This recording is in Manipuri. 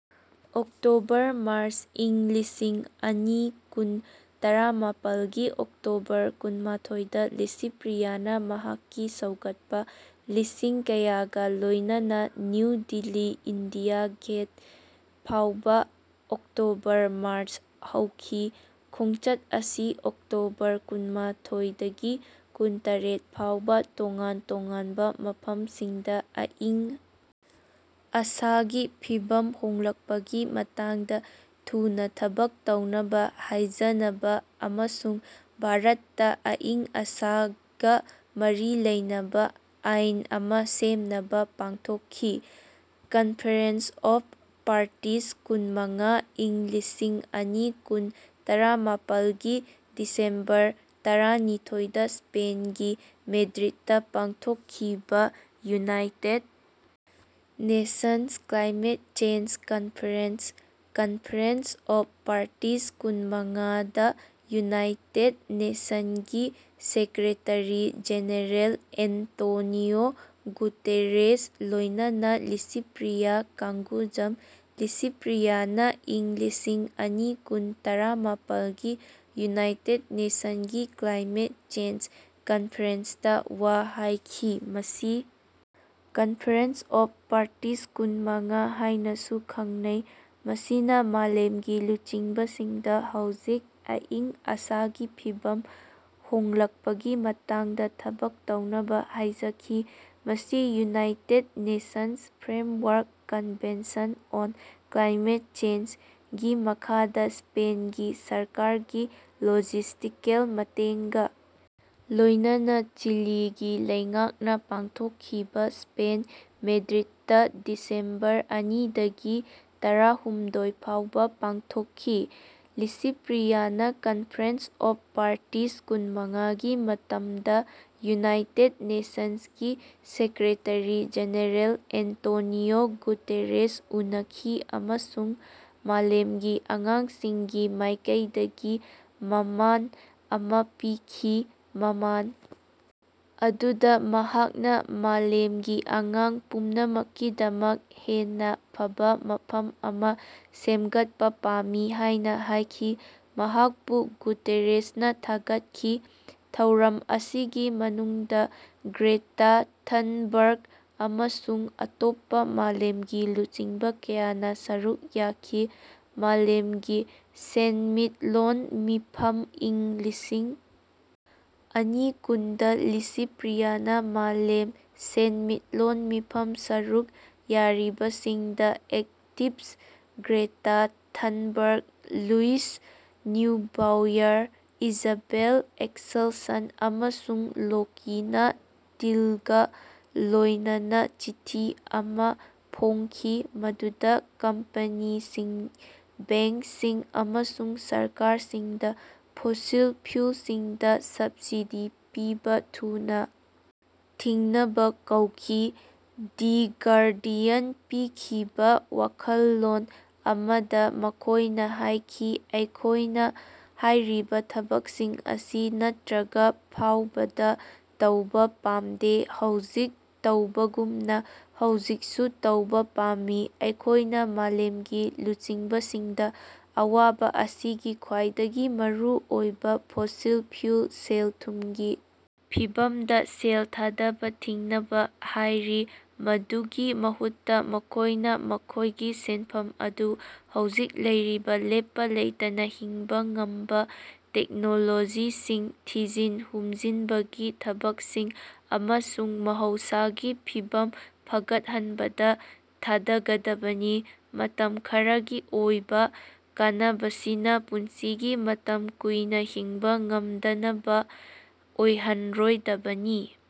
ꯑꯣꯛꯇꯣꯕꯔ ꯃꯥꯔꯆ ꯏꯪ ꯂꯤꯁꯤꯡ ꯑꯅꯤ ꯀꯨꯟ ꯇꯔꯥꯃꯥꯄꯜꯒꯤ ꯑꯣꯛꯇꯣꯕꯔ ꯀꯨꯟꯃꯊꯣꯏꯗ ꯂꯤꯁꯤꯄ꯭ꯔꯤꯌꯥꯅ ꯃꯍꯥꯛꯀꯤ ꯁꯧꯒꯠꯄ ꯂꯤꯁꯤꯡ ꯀꯌꯥꯒ ꯂꯣꯏꯅꯅ ꯅ꯭ꯌꯨ ꯗꯤꯜꯂꯤ ꯏꯟꯗꯤꯌꯥ ꯒꯦꯠ ꯐꯥꯎꯕ ꯑꯣꯛꯇꯣꯕꯔ ꯃꯥꯔꯆ ꯍꯧꯈꯤ꯫ ꯈꯣꯡꯆꯠ ꯑꯁꯤ ꯑꯣꯛꯇꯣꯕꯔ ꯀꯨꯟꯃꯊꯣꯏꯗꯒꯤ ꯀꯨꯟꯇꯔꯦꯠ ꯐꯥꯎꯕ ꯇꯣꯉꯥꯟ ꯇꯣꯉꯥꯟꯕ ꯃꯐꯝꯁꯤꯡꯗ ꯑꯏꯪ ꯑꯁꯥꯒꯤ ꯐꯤꯚꯝ ꯍꯣꯡꯂꯛꯄꯒꯤ ꯃꯇꯥꯡꯗ ꯊꯨꯅ ꯊꯕꯛ ꯇꯧꯅꯕ ꯍꯥꯏꯖꯅꯕ ꯑꯃꯁꯨꯡ ꯚꯥꯔꯠꯇ ꯑꯏꯪ ꯑꯁꯥꯒ ꯃꯔꯤ ꯂꯩꯅꯕ ꯑꯥꯏꯟ ꯑꯃ ꯁꯦꯝꯅꯕ ꯄꯥꯡꯊꯣꯛꯈꯤ꯫ ꯀꯟꯐꯦꯔꯦꯟꯁ ꯑꯣꯐ ꯄꯥꯔꯇꯤꯁ ꯀꯨꯟꯃꯉꯥ ꯏꯪ ꯂꯤꯁꯤꯡ ꯑꯅꯤ ꯀꯨꯟ ꯇꯔꯥꯃꯥꯄꯜꯒꯤ ꯗꯤꯁꯦꯝꯕꯔ ꯇꯔꯥꯅꯤꯊꯣꯏꯗ ꯁ꯭ꯄꯦꯟꯒꯤ ꯃꯦꯗ꯭ꯔꯤꯗꯇ ꯄꯥꯡꯊꯣꯛꯈꯤꯕ United Nations climate change conference (conference of parties ꯀꯨꯟꯃꯉꯥ) ꯗꯥ ꯌꯨꯅꯥꯏꯇꯦꯗ ꯅꯦꯁꯟ ꯒꯤ ꯁꯦꯀ꯭ꯔꯦꯇꯔꯤ ꯖꯦꯅꯔꯦꯜ ꯑꯦꯟꯇꯣꯅꯤꯑꯣ ꯒꯨꯇꯦꯔꯦꯁ ꯂꯣꯏꯅꯅ ꯂꯤꯁꯤꯄ꯭ꯔꯤꯌꯥ ꯀꯡꯒꯨꯖꯥꯝ ꯂꯤꯁꯤꯄ꯭ꯔꯤꯌꯥꯅ ꯏꯪ ꯂꯤꯁꯤꯡ ꯑꯅꯤ ꯀꯨꯟ ꯇꯔꯥꯃꯥꯄꯜꯒꯤ ꯌꯨꯅꯥꯏꯇꯦꯗ ꯅꯦꯁꯟꯒꯤ ꯀ꯭ꯂꯥꯏꯃꯦꯠ ꯆꯦꯟꯖ ꯀꯟꯐꯔꯦꯟꯁꯇꯥ ꯋꯥ ꯍꯥꯏꯈꯤ ꯃꯁꯤ ꯀꯟꯐꯦꯔꯦꯟꯁ ꯑꯣꯐ ꯄꯥꯔꯇꯤꯁ ꯀꯨꯟ ꯃꯉꯥ ꯍꯥꯏꯅꯁꯨ ꯈꯪꯅꯩ, ꯃꯁꯤꯅ ꯃꯥꯂꯦꯝꯒꯤ ꯂꯨꯆꯤꯡꯕꯁꯤꯡꯗ ꯍꯧꯖꯤꯛ ꯑꯏꯪ ꯑꯁꯥꯒꯤ ꯐꯤꯚꯝ ꯍꯣꯡꯂꯛꯄꯒꯤ ꯃꯇꯥꯡꯗ ꯊꯕꯛ ꯇꯧꯅꯕ ꯍꯥꯏꯖꯈꯤ꯫ ꯃꯁꯤ (United Nations framework convention on climate change) ꯒꯤ ꯃꯈꯥꯗ ꯁ꯭ꯄꯦꯟꯒꯤ ꯁꯔꯀꯥꯔꯒꯤ ꯂꯣꯖꯤꯁ꯭ꯇꯤꯀꯦꯜ ꯃꯇꯦꯡꯒ ꯂꯣꯏꯅꯅ ꯆꯤꯂꯤꯒꯤ ꯂꯩꯉꯥꯛꯅ ꯄꯥꯡꯊꯣꯛꯈꯤꯕ ꯁ꯭ꯄꯦꯟ ꯃꯦꯗ꯭ꯔꯤꯗꯇ ꯗꯤꯁꯦꯝꯕꯔ ꯑꯅꯤꯗꯒꯤ ꯇꯔꯥꯍꯨꯝꯗꯣꯏ ꯐꯥꯎꯕ ꯄꯥꯡꯊꯣꯛꯈꯤ꯫ ꯂꯤꯁꯤꯄ꯭ꯔꯤꯌꯥꯅ ꯀꯟꯐꯔꯦꯟꯁ ꯑꯣꯐ ꯄꯥꯔꯇꯤꯁ ꯀꯨꯟꯃꯉꯥ ꯒꯤ ꯃꯇꯝꯗ ꯌꯨꯅꯥꯏꯇꯦꯗ ꯅꯦꯁꯟꯁ ꯒꯤ ꯁꯦꯀ꯭ꯔꯦꯇꯔꯤ-ꯖꯦꯅꯔꯦꯜ ꯑꯦꯟꯇꯣꯅꯤꯑꯣ ꯒꯨꯇꯦꯔꯦꯁ ꯎꯅꯈꯤ ꯑꯃꯁꯨꯡ ꯃꯥꯂꯦꯝꯒꯤ ꯑꯉꯥꯡꯁꯤꯡꯒꯤ ꯃꯥꯏꯀꯩꯗꯒꯤ ꯃꯃꯥꯟ ꯑꯃ ꯄꯤꯈꯤ꯫ ꯃꯃꯥꯟ ꯑꯗꯨꯗ ꯃꯍꯥꯛꯅ ꯃꯥꯂꯦꯝꯒꯤ ꯑꯉꯥꯡ ꯄꯨꯝꯅꯃꯛꯀꯤꯗꯃꯛ ꯍꯦꯟꯅ ꯐꯕ ꯃꯐꯝ ꯑꯃ ꯁꯦꯝꯒꯠꯄ ꯄꯥꯝꯃꯤ ꯍꯥꯏꯅ ꯍꯥꯏꯈꯤ꯫ ꯃꯍꯥꯛꯄꯨ ꯒꯨꯇꯦꯔꯦꯁꯅ ꯊꯥꯒꯠꯈꯤ꯫ ꯊꯧꯔꯝ ꯑꯁꯤꯒꯤ ꯃꯅꯨꯡꯗ ꯒ꯭ꯔꯦꯇꯥ ꯊꯟꯕꯔ꯭ꯒ ꯑꯃꯁꯨꯡ ꯑꯇꯣꯞꯄ ꯃꯥꯂꯦꯝꯒꯤ ꯂꯨꯆꯤꯡꯕ ꯀꯌꯥꯅ ꯁꯔꯨꯛ ꯌꯥꯈꯤ꯫ ꯃꯥꯂꯦꯝꯒꯤ ꯁꯦꯟꯃꯤꯠꯂꯣꯟ ꯃꯤꯐꯝ ꯏꯪ ꯂꯤꯁꯤꯡ ꯑꯅꯤ ꯀꯨꯟ ꯗꯥ ꯂꯤꯁꯤꯄ꯭ꯔꯤꯌꯥꯅ ꯃꯥꯂꯦꯝ ꯁꯦꯟꯃꯤꯠꯂꯣꯟ ꯃꯤꯐꯝ ꯁꯔꯨꯛ ꯌꯥꯔꯤꯕꯁꯤꯡꯗ activists Greta Thunberg, Luisa Neubauer, Isabelle Axelsson, ꯑꯃꯁꯨꯡ ꯂꯣꯀꯤꯅꯥ ꯇꯤꯜꯒ ꯂꯣꯏꯅꯅꯥ ꯆꯤꯊꯤ ꯑꯃꯥ ꯐꯣꯡꯈꯤ, ꯃꯗꯨꯗ ꯀꯝꯄꯅꯤꯁꯤꯡ, ꯕꯦꯡꯛꯁꯤꯡ ꯑꯃꯁꯨꯡ ꯁꯔꯀꯥꯔꯁꯤꯡꯗ ꯐꯣꯁꯤꯜ ꯐ꯭ꯌꯨꯜꯁꯤꯡꯗ ꯁꯕꯁꯤꯗꯤ ꯄꯤꯕ ꯊꯨꯅ ꯊꯤꯡꯅꯕ ꯀꯧꯈꯤ꯫ ꯗꯤ ꯒꯥꯔꯗꯤꯌꯟ ꯄꯤꯈꯤꯕ ꯋꯥꯈꯜꯂꯣꯟ ꯑꯃꯗ ꯃꯈꯣꯏꯅ ꯍꯥꯏꯈꯤ ꯑꯩꯈꯣꯏꯅ ꯍꯥꯏꯔꯤꯕ ꯊꯕꯛꯁꯤꯡ ꯑꯁꯤ ꯅꯠꯇ꯭ꯔꯒ ꯐꯥꯎꯕꯗ ꯇꯧꯕ ꯄꯥꯝꯗꯦ ꯍꯧꯖꯤꯛ ꯇꯧꯕꯒꯨꯝꯅ ꯍꯧꯖꯤꯛꯁꯨ ꯇꯧꯕ ꯄꯥꯝꯃꯤ꯫ ꯑꯩꯈꯣꯏꯅ ꯃꯥꯂꯦꯝꯒꯤ ꯂꯨꯆꯤꯡꯕꯁꯤꯡꯗ ꯑꯋꯥꯕ ꯑꯁꯤꯒꯤ ꯈ꯭ꯋꯥꯏꯗꯒꯤ ꯃꯔꯨ ꯑꯣꯏꯕ ꯐꯣꯁꯤꯜ ꯐ꯭ꯌꯨꯜ ꯁꯦꯜ-ꯊꯨꯝꯒꯤ ꯐꯤꯕꯝꯗ ꯁꯦꯜ ꯊꯥꯗꯕ ꯊꯤꯡꯅꯕ ꯍꯥꯏꯔꯤ꯫ ꯃꯗꯨꯒꯤ ꯃꯍꯨꯠꯇ, ꯃꯈꯣꯏꯅ ꯃꯈꯣꯏꯒꯤ ꯁꯦꯟꯐꯝ ꯑꯗꯨ ꯍꯧꯖꯤꯛ ꯂꯩꯔꯤꯕ ꯂꯦꯞꯄ ꯂꯩꯇꯅ ꯍꯤꯡꯕ ꯉꯝꯕ ꯇꯦꯛꯅꯣꯂꯣꯖꯤꯁꯤꯡ, ꯊꯤꯖꯤꯟ-ꯍꯨꯝꯖꯤꯟꯕꯒꯤ ꯊꯕꯛꯁꯤꯡ ꯑꯃꯁꯨꯡ ꯃꯍꯧꯁꯥꯒꯤ ꯐꯤꯕꯝ ꯐꯒꯠꯍꯟꯕꯗ ꯊꯥꯗꯒꯗꯕꯅꯤ꯫ ꯃꯇꯝ ꯈꯔꯒꯤ ꯑꯣꯏꯕ ꯀꯥꯟꯅꯕꯁꯤꯅ ꯄꯨꯟꯁꯤꯒꯤ ꯃꯇꯝ ꯀꯨꯏꯅ ꯍꯤꯡꯕ ꯉꯝꯗꯅꯕ ꯑꯣꯏꯍꯟꯔꯣꯏꯗꯕꯅꯤ꯫